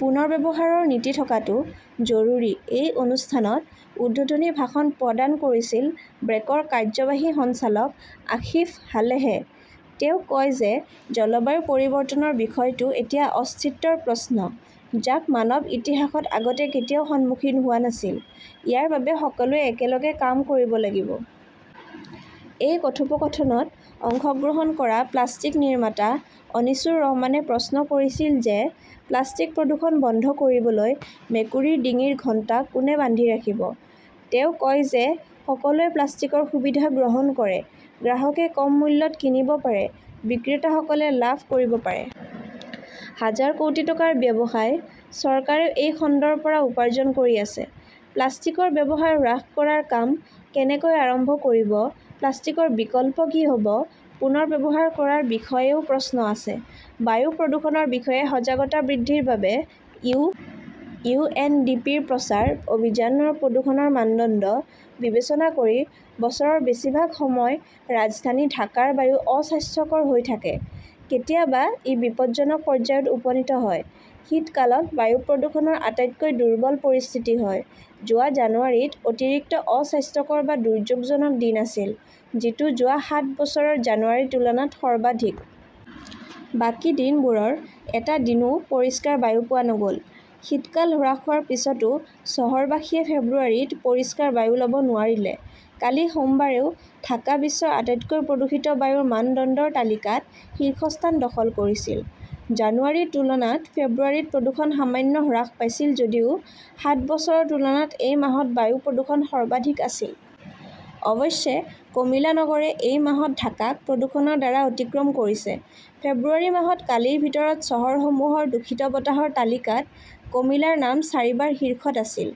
পুনৰ্ব্যৱহাৰৰ নীতি থকাটো জৰুৰী। এই অনুষ্ঠানত উদ্বোধনী ভাষণ প্ৰদান কৰিছিল ব্ৰেকৰ কাৰ্যবাহী সঞ্চালক আসিফ সালেহে। তেওঁ কয় যে জলবায়ু পৰিৱৰ্তনৰ বিষয়টো এতিয়া অস্তিত্বৰ প্ৰশ্ন, যাক মানৱ ইতিহাসত আগতে কেতিয়াও সন্মুখীন হোৱা নাছিল। ইয়াৰ বাবে সকলোৱে একেলগে কাম কৰিব লাগিব। এই কথোপকথনত অংশগ্ৰহণ কৰা প্লাষ্টিক নিৰ্মাতা অনিছুৰ ৰহমানে প্ৰশ্ন কৰিছিল যে প্লাষ্টিক প্ৰদূষণ বন্ধ কৰিবলৈ 'মেকুৰীৰ ডিঙিৰ ঘণ্টা কোনে বান্ধি ৰাখিব । তেওঁ কয় যে সকলোৱে প্লাষ্টিকৰ সুবিধা গ্ৰহণ কৰে। গ্ৰাহকে কম মূল্যত কিনিব পাৰে, বিক্ৰেতাসকলে লাভ কৰিব পাৰে। হাজাৰ কোটি টকাৰ ব্যৱসায়। চৰকাৰেও এই খণ্ডৰ পৰা উপাৰ্জন কৰি আছে। প্লাষ্টিকৰ ব্যৱহাৰ হ্ৰাস কৰাৰ কাম কেনেকৈ আৰম্ভ কৰিব, প্লাষ্টিকৰ বিকল্প কি হ’ব, পুনৰ ব্যৱহাৰ কৰাৰ বিষয়েও প্ৰশ্ন আছে। বায়ু প্ৰদূষণৰ বিষয়ে সজাগতা বৃদ্ধিৰ বাবে ইউ. এন ডি পি ৰ প্ৰচাৰ অভিযান প্ৰদূষণৰ মানদণ্ড বিবেচনা কৰি বছৰৰ বেছিভাগ সময় ৰাজধানী ঢাকাৰ বায়ু অস্বাস্থ্যকৰ হৈ থাকে। কেতিয়াবা ই বিপদজনক পৰ্যায়ত উপনীত হয়। শীতকালত বায়ু প্ৰদূষণৰ আটাইতকৈ দুৰ্বল পৰিস্থিতি হয়। যোৱা জানুৱাৰীত অতিৰিক্ত অস্বাস্থ্যকৰ বা দুৰ্যোগজনক দিন আছিল, যিটো যোৱা সাত বছৰৰ জানুৱাৰীৰ তুলনাত সৰ্বাধিক। বাকী দিনবোৰৰ এটা দিনও পৰিষ্কাৰ বায়ু পোৱা নগ’ল। শীতকাল হ্ৰাস হোৱাৰ পিছতো চহৰবাসীয়ে ফেব্ৰুৱাৰীত পৰিষ্কাৰ বায়ু ল’ব নোৱাৰিলে। কালি সোমবাৰেও ঢাকা বিশ্বৰ আটাইতকৈ প্ৰদূষিত বায়ুৰ মানদণ্ডৰ তালিকাত শীৰ্ষস্থান দখল কৰিছিল। জানুৱাৰীৰ তুলনাত ফেব্ৰুৱাৰীত প্ৰদূষণ সামান্য হ্ৰাস পাইছিল যদিও সাত বছৰৰ তুলনাত এই মাহত বায়ু প্ৰদূষণ সৰ্বাধিক আছিল। অৱশ্যে, কমিলা নগৰে এই মাহত ঢাকাক প্ৰদূষণৰ দ্বাৰা অতিক্ৰম কৰিছে। ফেব্ৰুৱাৰী মাহত কালিৰ ভিতৰত চহৰসমূহৰ দূষিত বতাহৰ তালিকাত কমিলাৰ নাম চাৰিবাৰ শীৰ্ষত আছিল।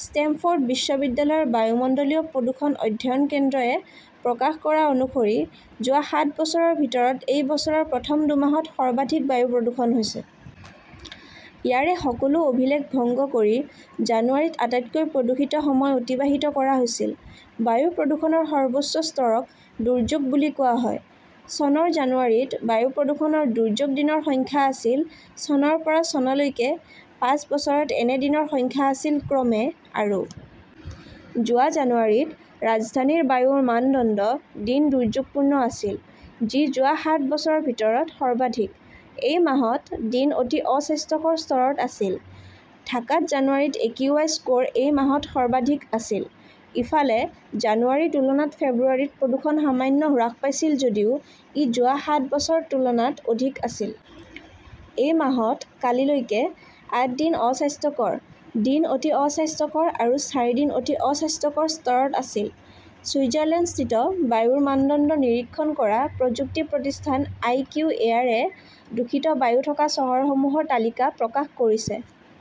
ষ্টেমফৰ্ড বিশ্ববিদ্যালয়ৰ বায়ুমণ্ডলীয় প্ৰদূষণ অধ্যয়ন কেন্দ্ৰ এ প্ৰকাশ কৰা অনুসৰি যোৱা সাত বছৰৰ ভিতৰত এই বছৰৰ প্ৰথম দুমাহত সৰ্বাধিক বায়ু প্ৰদূষণ হৈছে। ইয়াৰে সকলো অভিলেখ ভংগ কৰি জানুৱাৰীত আটাইতকৈ প্ৰদূষিত সময় অতিবাহিত কৰা হৈছিল। বায়ু প্ৰদূষণৰ সৰ্বোচ্চ স্তৰক দুৰ্যোগ বুলি কোৱা হয়। চনৰ জানুৱাৰীত বায়ু প্ৰদূষণৰ দুৰ্যোগ দিনৰ সংখ্যা আছিল। চনৰ পৰা চনলৈকে পাঁচ বছৰত এনে দিনৰ সংখ্যা আছিল ক্ৰমে, আৰু। যোৱা জানুৱাৰীত ৰাজধানীৰ বায়ুৰ মানদণ্ড দিন দুৰ্যোগপূৰ্ণ আছিল, যি যোৱা সাত বছৰৰ ভিতৰত সৰ্বাধিক। এই মাহত দিন অতি অস্বাস্থ্যকৰ স্তৰত আছিল। ঢাকাত জানুৱাৰীত একিউআই স্কৰ এই মাহত সৰ্বাধিক আছিল। ইফালে, জানুৱাৰীৰ তুলনাত ফেব্ৰুৱাৰীত প্ৰদূষণ সামান্য হ্ৰাস পাইছিল যদিও ই যোৱা সাত বছৰৰ তুলনাত অধিক আছিল। এই মাহত কালি লৈকে আঠ দিন অস্বাস্থ্যকৰ, দিন অতি অস্বাস্থ্যকৰ আৰু চাৰিদিন অতি অস্বাস্থ্যকৰ স্তৰত আছিল। ছুইজাৰলেণ্ডস্থিত বায়ুৰ মানদণ্ড নিৰীক্ষণ কৰা প্ৰযুক্তি প্ৰতিষ্ঠান আইকিউ এয়াৰে দূষিত বায়ু থকা চহৰসমূহৰ তালিকা প্ৰকাশ কৰিছে।